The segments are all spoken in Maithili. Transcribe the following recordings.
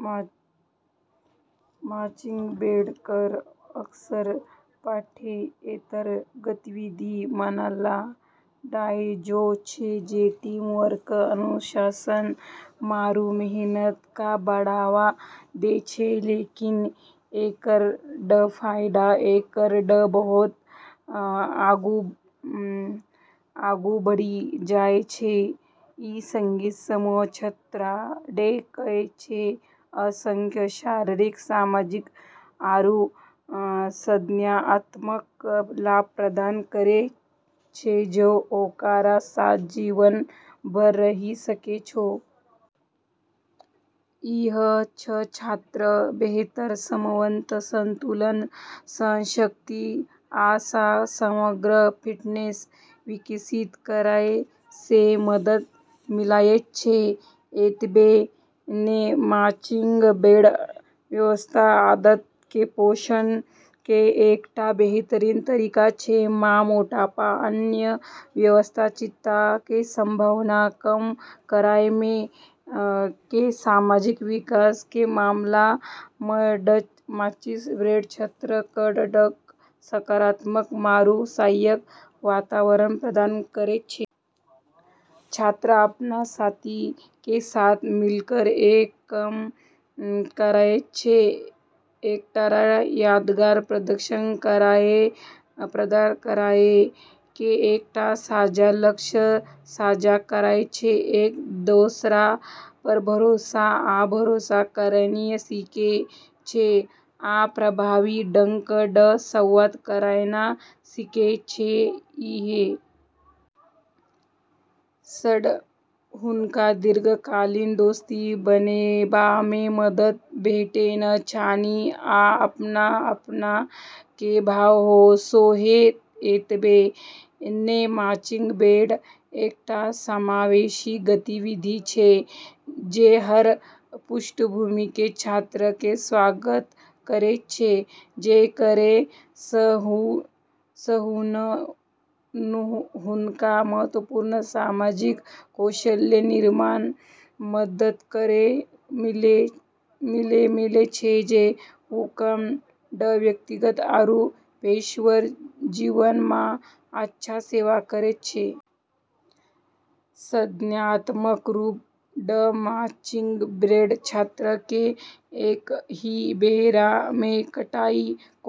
मार्चिंग बैंड कऽ अक्सर पाठ्येतर गतिविधि मानलऽ जाय छै जे टीम वर्क, अनुशासन, आरू मेहनत कऽ बढ़ावा दै छै, लेकिन एकरऽ फायदा एकरा सऽ बहुत आगू बढ़ी जाय छै। ई संगीत समूह छात्रऽ कऽ असंख्य शारीरिक, सामाजिक, आरू संज्ञानात्मक लाभ प्रदान करै छै जे ओकरा साथ जीवन भर रहि सकै छै। अइ सं छात्रक बेहतर समन्वय, संतुलन, सहनशक्ति, आ समग्र फिटनेस विकसित करय मे मदद मिलयत छै। एतबे नै, मार्चिंग बैंड स्वस्थ आदतक के पोषण के एकटा बेहतरीन तरीका छै, आ मोटापा आ अन्य स्वास्थ्य चिंता के संभावना के कम करय के सामाजिक विकास के मामला मऽ मार्चिंग बैंड छात्रऽ कऽ सकारात्मक आरू सहायक वातावरण प्रदान करै छै। छात्र अपन साथी के साथ मिलक क काम करय छै, एकटा यादगार प्रदर्शन प्रदान करय के एकटा साझा लक्ष्य साझा करय छै। एक दोसरा पर भरोसा आ भरोसा करनाय सीखय छै, आ प्रभावी ढंग सऽ संवाद करनाय सीखय छै। एहि सऽ हुनका दीर्घकालीन दोस्ती बनेबा मे मदद भेटैत छनि, आ अपनपन के भाव सेहो एतबे नै, मार्चिंग बैंड एकटा समावेशी गतिविधि छै जे हर पृष्ठभूमि के छात्रऽ के स्वागत करै छै, जेकरा सऽ हुनका महत्वपूर्ण सामाजिक कौशल के निर्माण मऽ मदद मिलै छै जे हुनकऽ व्यक्तिगत आरू पेशेवर जीवन म॑ अच्छा सेवा करै छै। संज्ञानात्मक रूप सऽ मार्चिंग बैंड छात्रक कें एकहि बेर मे कईटा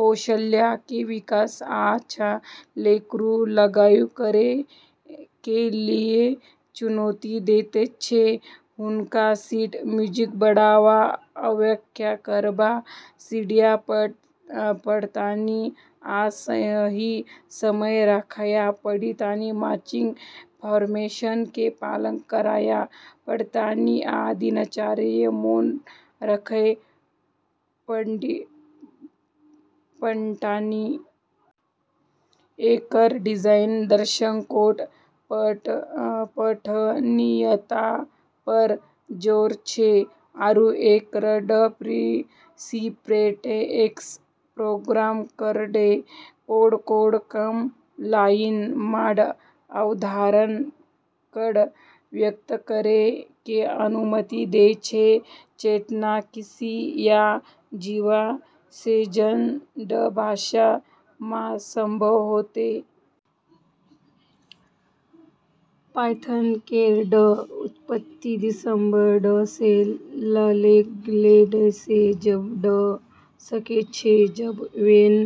कौशल कें विकास आ ओकरा लागू करय के लेल चुनौती देयत छै ।हुनका शीट म्यूजिक पढ़ब आ व्याख्या करब सीखय पड़तनि आ संगहि समय राखय पड़तनि, मार्चिंग फॉर्मेशन के पालन करय पड़तनि, आ दिनचर्या मोन राखय पड़तनि। एकरऽ डिजाइन दर्शन कोड पठनीयता पऽ जोर दै छै, आरू एकरऽ सिंटैक्स प्रोग्रामर कऽ कोड केरऽ कम लाइन मऽ अवधारणा कऽ व्यक्त करै के अनुमति दै छै, जेतना कि सी या जावा जैसनऽ भाषा मऽ संभव होतै। पायथन केरऽ उत्पत्ति दिसंबर सऽ लगैलऽ जाबऽ सकै छै, जब वैन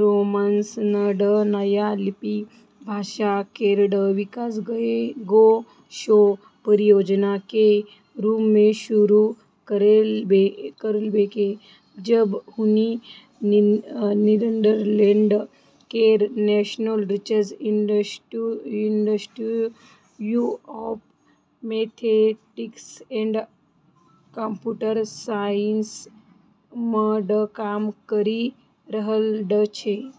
रोसम नऽ नया लिपि भाषा केरऽ विकास एगो शौक परियोजना के रूप मऽ शुरू करलकै, जब हुनी नीदरलैंड केरऽ National Research Institute for Mathematics and Computer Science मऽ काम करी रहलऽ छेलै।